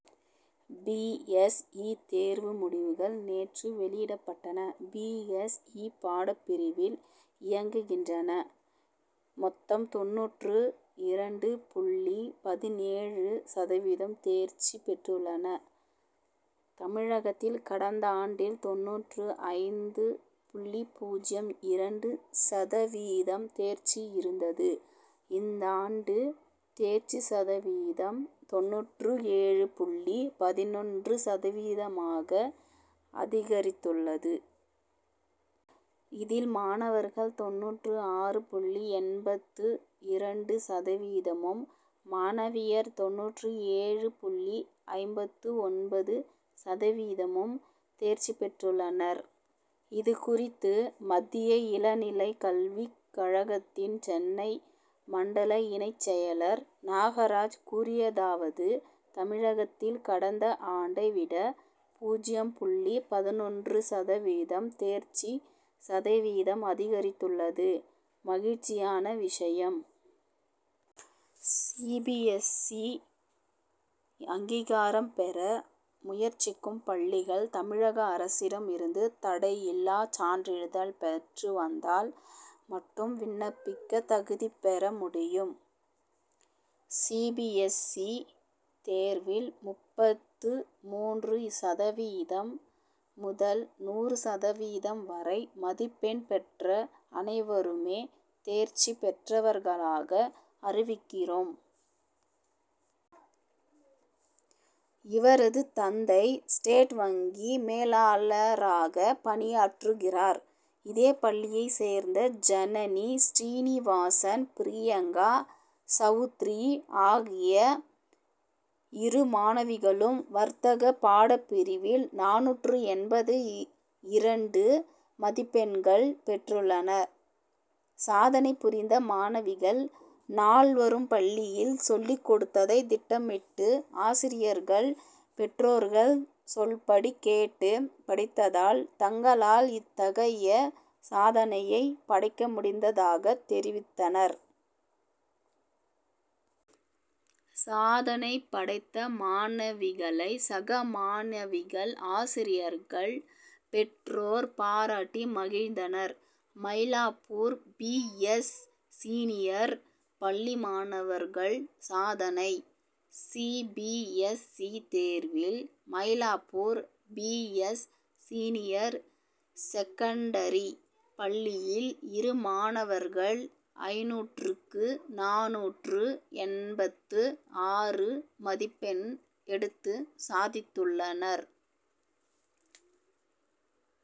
B. S. E. தேர்வு முடிவுகள் நேற்று வெளியிடப்பட்டன. பி. எஸ். இ. பாடப்பிரிவில் இயங்குகின்றன. மொத்தம் தொண்ணூற்று இரண்டு புள்ளி பதினேழு சதவீதம் தேர்ச்சி பெற்றுள்ளனர். தமிழகத்தில் கடந்தாண்டில் தொண்ணூற்று ஐந்து புள்ளி பூஜ்யம் இரண்டு சதவீதம் தேர்ச்சி இருந்தது. இந்தாண்டு தேர்ச்சி சதவீதம் தொண்ணூற்று ஏழு புள்ளி பதினொன்று சதவீதமாக அதிகரித்துள்ளது. இதில் மாணவர்கள் தொண்ணூற்று ஆறு புள்ளி எண்பத்து இரண்டு சதவீதமும் மாணவியர் தொண்ணூற்று ஏழு புள்ளி ஐம்பத்து ஒன்று சதவீதமும் தேர்ச்சி பெற்றுள்ளனர். இது குறித்து மத்திய இளநிலை கல்விக் கழகத்தின் சென்னை மண்டல இணைச் செயலர் நாகராஜ் கூறியதாவது தமிழகத்தில் கடந்த ஆண்டை விட பூஜ்யம் புள்ளி பதினொன்று சதவீதம் தேர்ச்சி சதவீதம் அதிகரித்துள்ளது மகிழ்ச்சியான விஷயம். சி. பி. எஸ். இ. அங்கீகாரம் பெற முயற்சிக்கும் பள்ளிகள் தமிழக அரசிடம் இருந்து தடையில்லா சான்றிதழ் பெற்று வந்தால் மட்டும் விண்ணப்பிக்க தகுதி பெற முடியும். சி. பி. எஸ். இ. தேர்வில் முப்பத்து மூன்று சதவீதம் முதல் நூறு சதவீதம் வரை மதிப்பெண் பெற்ற அனைவருமே தேர்ச்சி பெற்றவர்களாக அறிவிக்கிறோம். இவரது தந்தை ஸ்டேட் வங்கி மேலாளராக பணியாற்றுகிறார். இதே பள்ளியை சேர்ந்த ஜனனி ஸ்ரீனிவாசன் பிரியங்கா சவுத்ரி ஆகிய இரு மாணவிகளும் வர்த்தக பாடப்பிரிவில் நானூற்று எண்பத்து இரண்டு மதிப்பெண்கள் பெற்றுள்ளனர். சாதனை புரிந்த மாணவிகள் நால்வரும் பள்ளியில் சொல்லி கொடுத்ததை திட்டமிட்டு ஆசிரியர்கள் பெற்றோர்கள் சொல்படி கேட்டு படித்ததால் தங்களால் இத்தகைய சாதனையை படைக்க முடிந்ததாக தெரிவித்தனர். சாதனை படைத்த மாணவிகளை சக மாணவிகள் ஆசிரியர்கள் பெற்றோர் பாராட்டி மகிழ்ந்தனர். மயிலாப்பூர் பி. எஸ். சீனியர் பள்ளி மாணவர்கள் சாதனை சி. பி. எஸ். சி. தேர்வில் Mylapore P. S. Senior secondary பள்ளியில் இரு மாணவர்கள் ஐநூற்றுக்கு நானூற்று எண்பத்து ஆறு மதிப்பெண் எடுத்து சாதித்துள்ளனர்.